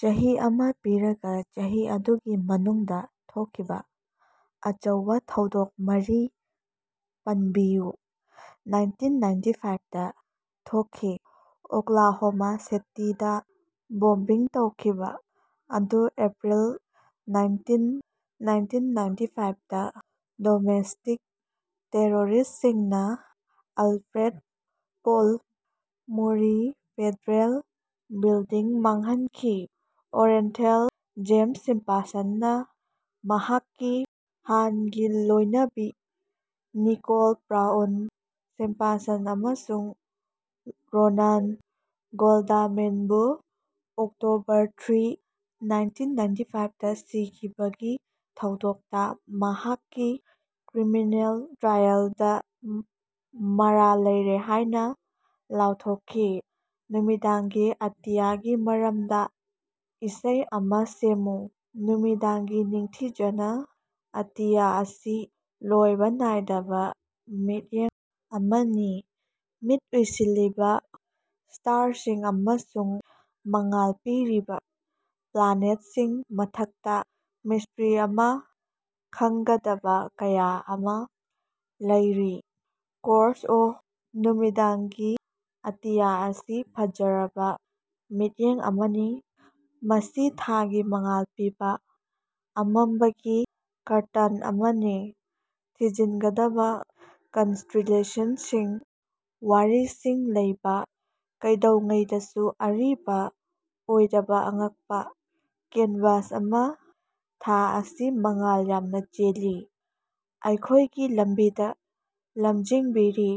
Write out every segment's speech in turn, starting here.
ꯆꯍꯤ ꯑꯃ ꯄꯤꯔꯒ, ꯆꯍꯤ ꯑꯗꯨꯒꯤ ꯃꯅꯨꯡꯗ ꯊꯣꯛꯈꯤꯕ ꯑꯆꯧꯕ ꯊꯧꯗꯣꯛ ꯃꯔꯤ ꯄꯟꯕꯤꯌꯨ꯫ ꯅꯥꯏꯟꯇꯤꯟꯅꯥꯏꯟꯇꯤꯐꯥꯏꯚꯗꯥ ꯊꯣꯛꯈꯤ꯫ ꯑꯣꯛꯂꯥꯍꯣꯃꯥ ꯁꯤꯇꯤꯗꯥ ꯕꯣꯝꯕꯤꯡ ꯇꯧꯈꯤꯕ ꯑꯗꯨ ꯑꯦꯞꯄ꯭ꯔꯤꯜ ꯅꯥꯏꯟꯇꯤꯟ, ꯅꯥꯏꯟꯇꯤꯟꯅꯥꯏꯟꯇꯤꯐꯥꯏꯚꯗꯥ ꯗꯣꯃꯦꯁꯇꯤꯛ ꯇꯦꯔꯣꯔꯤꯁꯇꯁꯤꯡꯅ Alfred P Murrah federal building ꯃꯥꯡꯍꯟꯈꯤ꯫ ꯑꯣꯔꯦꯟꯊꯦꯜ ꯖꯦꯝꯁ ꯁꯤꯝꯄꯁꯟꯅꯥ ꯃꯍꯥꯛꯀꯤ ꯍꯥꯟꯉꯤ ꯂꯣꯏꯅꯕꯤ ꯅꯤꯀꯣꯜ ꯕ꯭ꯔꯥꯎꯟ ꯁꯤꯝꯄꯁꯟ ꯑꯃꯁꯨꯡ ꯔꯣꯅꯥꯟ ꯒꯣꯜꯗꯃꯦꯟꯕꯨ ꯑꯣꯛꯇꯣꯕꯔ ꯊ꯭ꯔꯤ, ꯅꯥꯏꯟꯇꯤꯟꯅꯥꯏꯟꯇꯤꯐꯥꯏꯚꯗꯥ ꯁꯤꯈꯤꯕꯒꯤ ꯊꯧꯗꯣꯛꯇꯥ ꯃꯍꯥꯛꯀꯤ ꯀ꯭ꯔꯤꯃꯤꯅꯦꯜ ꯇ꯭ꯔꯥꯏꯑꯦꯜꯗꯥ ꯃꯔꯥꯜ ꯂꯩꯔꯦ ꯍꯥꯏꯅ ꯂꯥꯎꯊꯣꯛꯈꯤ꯫ ꯅꯨꯃꯤꯗꯥꯡꯒꯤ ꯑꯇꯤꯌꯥꯒꯤ ꯃꯔꯝꯗꯥ ꯏꯁꯩ ꯑꯃ ꯁꯦꯝꯃꯨ꯫ ꯅꯨꯃꯤꯗꯥꯡꯒꯤ ꯅꯤꯡꯊꯤꯖꯅꯥ, ꯑꯇꯤꯌꯥ ꯑꯁꯤ ꯂꯣꯏꯕ ꯅꯥꯏꯗꯕ ꯃꯤꯠꯌꯦꯡ ꯑꯃꯅꯤ꯫ ꯃꯤꯠ ꯎꯏꯁꯤꯜꯂꯤꯕ ꯁ꯭ꯇꯥꯔꯁꯤꯡ ꯑꯃꯁꯨꯡ ꯃꯉꯥꯜ ꯄꯤꯔꯤꯕꯥ ꯄ꯭ꯂꯥꯅꯦꯠꯁꯤꯡ, ꯃꯊꯛꯇ ꯃꯤꯁꯇ꯭ꯔꯤ ꯑꯃ, ꯈꯪꯒꯗꯕ ꯀꯌꯥ ꯑꯃ ꯂꯩꯔꯤ꯫ ꯀꯣꯔꯁ: ꯑꯣꯍ, ꯅꯨꯃꯤꯗꯥꯡꯒꯤ ꯑꯇꯤꯌꯥ ꯑꯁꯤ ꯐꯖꯔꯕ ꯃꯤꯠꯌꯦꯡ ꯑꯃꯅꯤ, ꯃꯁꯤ ꯊꯥꯒꯤ ꯃꯉꯥꯜꯅ ꯃꯉꯥꯜ ꯄꯤꯕ ꯑꯃꯝꯕꯒꯤ ꯀꯥꯔꯇꯟ ꯑꯃꯅꯤ꯫ ꯊꯤꯖꯤꯟꯒꯗꯕ ꯀꯟꯁꯇꯦꯂꯦꯁꯟꯁꯤꯡ, ꯋꯥꯔꯤꯁꯤꯡ ꯂꯤꯕ, ꯀꯩꯗꯧꯉꯩꯗꯁꯨ ꯑꯔꯤꯕ ꯑꯣꯏꯗꯕ ꯑꯉꯛꯄꯥ ꯀꯦꯟꯚꯥꯁ ꯑꯃ꯫ ꯊꯥ ꯑꯁꯤ ꯃꯉꯥꯜ ꯌꯥꯝꯅ ꯆꯦꯜꯂꯤ, ꯑꯩꯈꯣꯏꯒꯤ ꯂꯝꯕꯤꯗ ꯂꯝꯖꯤꯡꯕꯤꯔꯤ,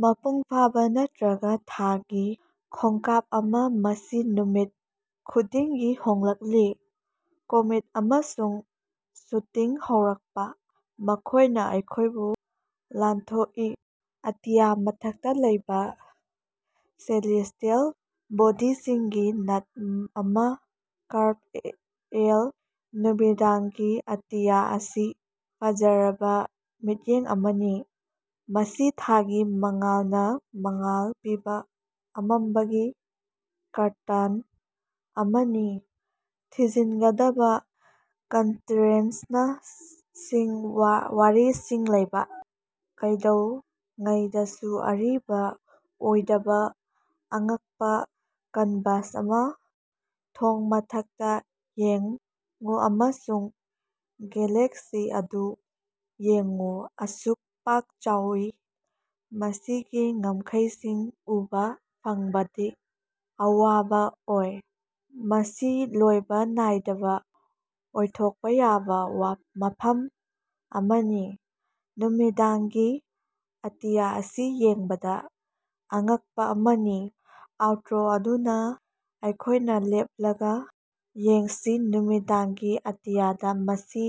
ꯃꯄꯨꯡ ꯐꯥꯕ ꯅꯠꯇ꯭ꯔꯒ ꯊꯥꯒꯤ ꯈꯣꯡꯀꯥꯞ ꯑꯃ, ꯃꯁꯤ ꯅꯨꯃꯤꯠ ꯈꯨꯗꯤꯡꯒꯤ ꯍꯣꯡꯂꯛꯂꯤ꯫ ꯀꯣꯃꯦꯠ ꯑꯃꯁꯨꯡ ꯁꯨꯇꯤꯡ ꯍꯧꯔꯛꯏ, ꯃꯈꯣꯏꯅ ꯑꯩꯈꯣꯏꯕꯨ ꯂꯥꯟꯊꯣꯛꯏ, ꯑꯇꯤꯌꯥꯗ ꯃꯊꯛꯇꯥ ꯂꯩꯕ ꯁꯦꯂꯦꯁꯇꯤꯑꯦꯜ ꯕꯣꯗꯤꯁꯤꯡꯒꯤ ꯅꯥꯠ ꯑꯃ꯫ ꯀꯣꯔꯁ: ꯑꯣꯍ, ꯅꯨꯃꯤꯗꯥꯡꯒꯤ ꯑꯇꯤꯌꯥ ꯑꯁꯤ ꯐꯖꯔꯕ ꯃꯤꯠꯌꯦꯡ ꯑꯃꯅꯤ, ꯃꯁꯤ ꯊꯥꯒꯤ ꯃꯉꯥꯜꯅ ꯃꯉꯥꯜ ꯄꯤꯕ ꯑꯃꯝꯕꯒꯤ ꯀꯥꯔꯇꯟ ꯑꯃꯅꯤ꯫ ꯊꯤꯖꯤꯟꯒꯗꯕꯥ ꯀꯟꯁꯇꯦꯂꯦꯁꯅꯁꯤꯡ, ꯋꯥꯔꯤꯁꯤꯡ ꯂꯤꯕ, ꯀꯩꯗꯧꯉꯩꯗꯁꯨ ꯑꯔꯤꯕ ꯑꯣꯏꯗꯕ ꯑꯉꯛꯄ ꯀꯟꯚꯥꯁ ꯑꯃ꯫ ꯊꯣꯡ: ꯃꯊꯛꯇ ꯌꯦꯡꯎ ꯑꯃꯁꯨꯡ ꯒꯦꯂꯦꯛꯁꯤ ꯑꯗꯨ ꯌꯦꯡꯉꯨ, ꯑꯁꯨꯛ ꯄꯥꯛ ꯆꯥꯎꯏ, ꯃꯁꯤꯒꯤ ꯉꯝꯈꯩꯁꯤꯡ ꯎꯕ ꯐꯪꯕꯗ ꯑꯋꯥꯕ ꯑꯣꯏ꯫ ꯃꯁꯤ ꯂꯣꯏꯕ ꯅꯥꯏꯗꯕ ꯑꯣꯏꯊꯣꯛꯄ ꯌꯥꯕ ꯃꯐꯝ ꯑꯃꯅꯤ, ꯅꯨꯃꯤꯗꯥꯡꯒꯤ ꯑꯇꯤꯌ ꯑꯁꯤ ꯌꯦꯡꯕꯗ ꯑꯉꯛꯄ ꯑꯃꯅꯤ꯫ ꯑꯥꯎꯠꯇ꯭ꯔꯣ: ꯑꯗꯨꯅ ꯑꯩꯈꯣꯏꯅ ꯂꯦꯞꯂꯒ ꯌꯦꯡꯁꯤ, ꯅꯨꯃꯤꯗꯥꯡꯒꯤ ꯑꯇꯤꯌꯥꯗ, ꯃꯁꯤ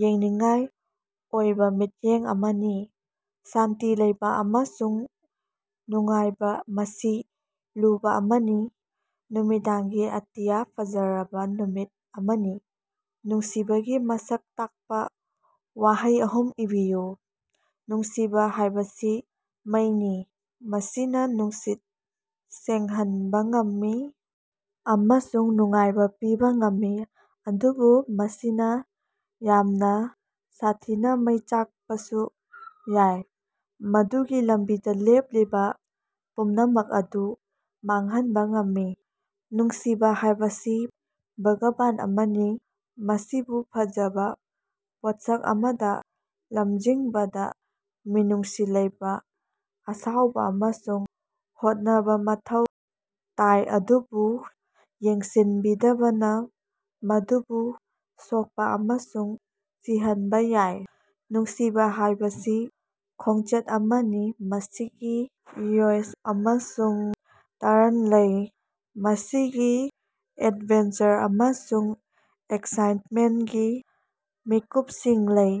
ꯌꯦꯡꯅꯤꯡꯉꯥꯏ ꯑꯣꯏꯕ ꯃꯤꯠꯌꯦꯡ ꯑꯃꯅꯤ꯫ ꯁꯥꯟꯇꯤ ꯂꯩꯕ ꯑꯃꯁꯨꯡ ꯅꯨꯡꯉꯥꯏꯕ, ꯃꯁꯤ ꯂꯨꯕ ꯑꯃꯅꯤ, ꯅꯨꯃꯤꯗꯥꯡꯒꯤ ꯑꯇꯤꯌꯥ, ꯐꯖꯔꯕ ꯅꯨꯃꯤꯠ ꯑꯃꯅꯤ꯫ ꯅꯨꯡꯁꯤꯕꯒꯤ ꯃꯁꯛ ꯇꯥꯛꯄ ꯋꯍꯩ ꯑꯍꯨꯝ ꯏꯕꯤꯌꯨ꯫ ꯅꯨꯡꯁꯤꯕ ꯍꯥꯏꯕꯁꯤ ꯃꯩꯅꯤ: ꯃꯁꯤꯅ ꯅꯨꯡꯁꯤꯠ ꯁꯦꯡꯍꯟꯕ ꯉꯝꯃꯤ ꯑꯃꯁꯨꯡ ꯅꯨꯡꯉꯥꯏꯕ ꯄꯤꯕ ꯉꯝꯃꯤ, ꯑꯗꯨꯕꯨ ꯃꯁꯤꯅ ꯌꯥꯝꯅ ꯁꯥꯊꯤꯅ ꯃꯩ ꯆꯥꯛꯄꯁꯨ ꯌꯥꯏ, ꯃꯗꯨꯒꯤ ꯂꯝꯕꯤꯗ ꯂꯦꯞꯂꯤꯕ ꯄꯨꯝꯅꯃꯛ ꯑꯗꯨ ꯃꯥꯡꯍꯟꯕ ꯉꯝꯃꯤ꯫ ꯅꯨꯡꯁꯤꯕꯥ ꯍꯥꯏꯕꯁꯤ ꯕꯒꯥꯕꯥꯟ ꯑꯃꯅꯤ: ꯃꯁꯤꯕꯨ ꯐꯖꯕ ꯄꯣꯠꯁꯛ ꯑꯃꯗ ꯐꯨꯝꯖꯤꯟꯕꯗ ꯃꯤꯅꯨꯡꯁꯤ ꯂꯩꯕ, ꯑꯁꯥꯎꯕ ꯑꯃꯁꯨꯡ ꯍꯣꯠꯅꯕ ꯃꯊꯧ ꯇꯥꯏ, ꯑꯗꯨꯕꯨ ꯌꯦꯡꯁꯤꯟꯕꯤꯗꯕꯅ ꯃꯗꯨꯕꯨ ꯁꯣꯛꯄ ꯑꯃꯁꯨꯡ ꯁꯤꯍꯟꯕ ꯌꯥꯏ꯫ ꯅꯨꯡꯁꯤꯕ ꯍꯥꯏꯕꯁꯤ ꯈꯣꯡꯆꯠ ꯑꯃꯅꯤ: ꯃꯁꯤꯒꯤ ꯇ꯭ꯌꯨꯏꯁ ꯑꯃꯁꯨꯡ ꯇ꯭ꯔꯟ ꯂꯩ, ꯃꯁꯤꯒꯤ ꯑꯦꯗꯚꯦꯟꯆꯔ ꯑꯃꯁꯨꯡ ꯑꯦꯛꯁꯥꯏꯠꯃꯦꯟꯒꯤ ꯃꯤꯀꯨꯞꯁꯤꯡ ꯂꯩ,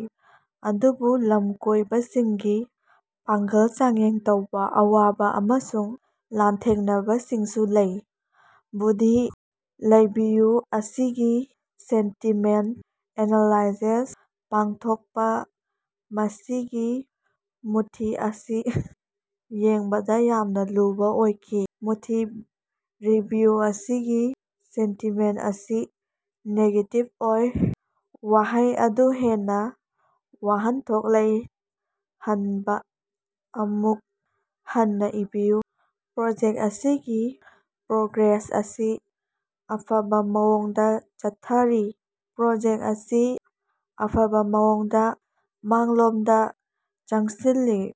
ꯑꯗꯨꯕꯨ ꯂꯝꯀꯣꯏꯕꯁꯤꯡꯒꯤ ꯄꯥꯡꯒꯜ ꯆꯥꯡꯌꯦꯡ ꯇꯧꯕ ꯑꯋꯥꯕ ꯑꯃꯁꯨꯡ ꯂꯥꯟꯊꯦꯡꯅꯕꯁꯤꯡꯁꯨ ꯂꯩ꯫ ꯕꯨꯚꯤ ꯔꯤꯚꯤꯌꯨ ꯑꯁꯤꯒꯤ ꯁꯦꯟꯇꯤꯃꯦꯟꯠ ꯑꯦꯅꯥꯂꯥꯏꯁꯤꯁ ꯄꯥꯡꯊꯣꯛꯄ꯫ ꯃꯁꯤꯒꯤ ꯃꯨꯚꯤ ꯑꯁꯤ ꯌꯦꯡꯕꯗ ꯌꯥꯝꯅ ꯂꯨꯕ ꯑꯣꯏꯈꯤ꯫ ꯃꯨꯚꯤ ꯔꯤꯚꯤꯌꯨ ꯑꯁꯤꯒꯤ ꯁꯦꯟꯇꯤꯃꯦꯟꯠ ꯑꯁꯤ ꯅꯦꯒꯦꯇꯤꯚ ꯑꯣꯏ꯫ ꯋꯥꯍꯩ ꯑꯗꯨ ꯍꯦꯟꯅꯥ ꯋꯥꯍꯟꯊꯣꯛ ꯂꯩꯍꯟꯅꯕ ꯑꯃꯨꯛ ꯍꯟꯅ ꯏꯕꯤꯌꯨ꯫ ꯄ꯭ꯔꯣꯖꯦꯛ ꯑꯁꯤꯒꯤ ꯄ꯭ꯔꯣꯒ꯭ꯔꯦꯁ ꯑꯁꯤ ꯑꯐꯕ ꯃꯑꯣꯡꯗ ꯆꯠꯊꯔꯤ꯫ ꯄ꯭ꯔꯣꯖꯦꯛ ꯑꯁꯤ ꯑꯐꯕ ꯃꯑꯣꯡꯗ ꯃꯥꯡꯂꯣꯝꯗ ꯆꯪꯁꯤꯜꯂꯤ꯫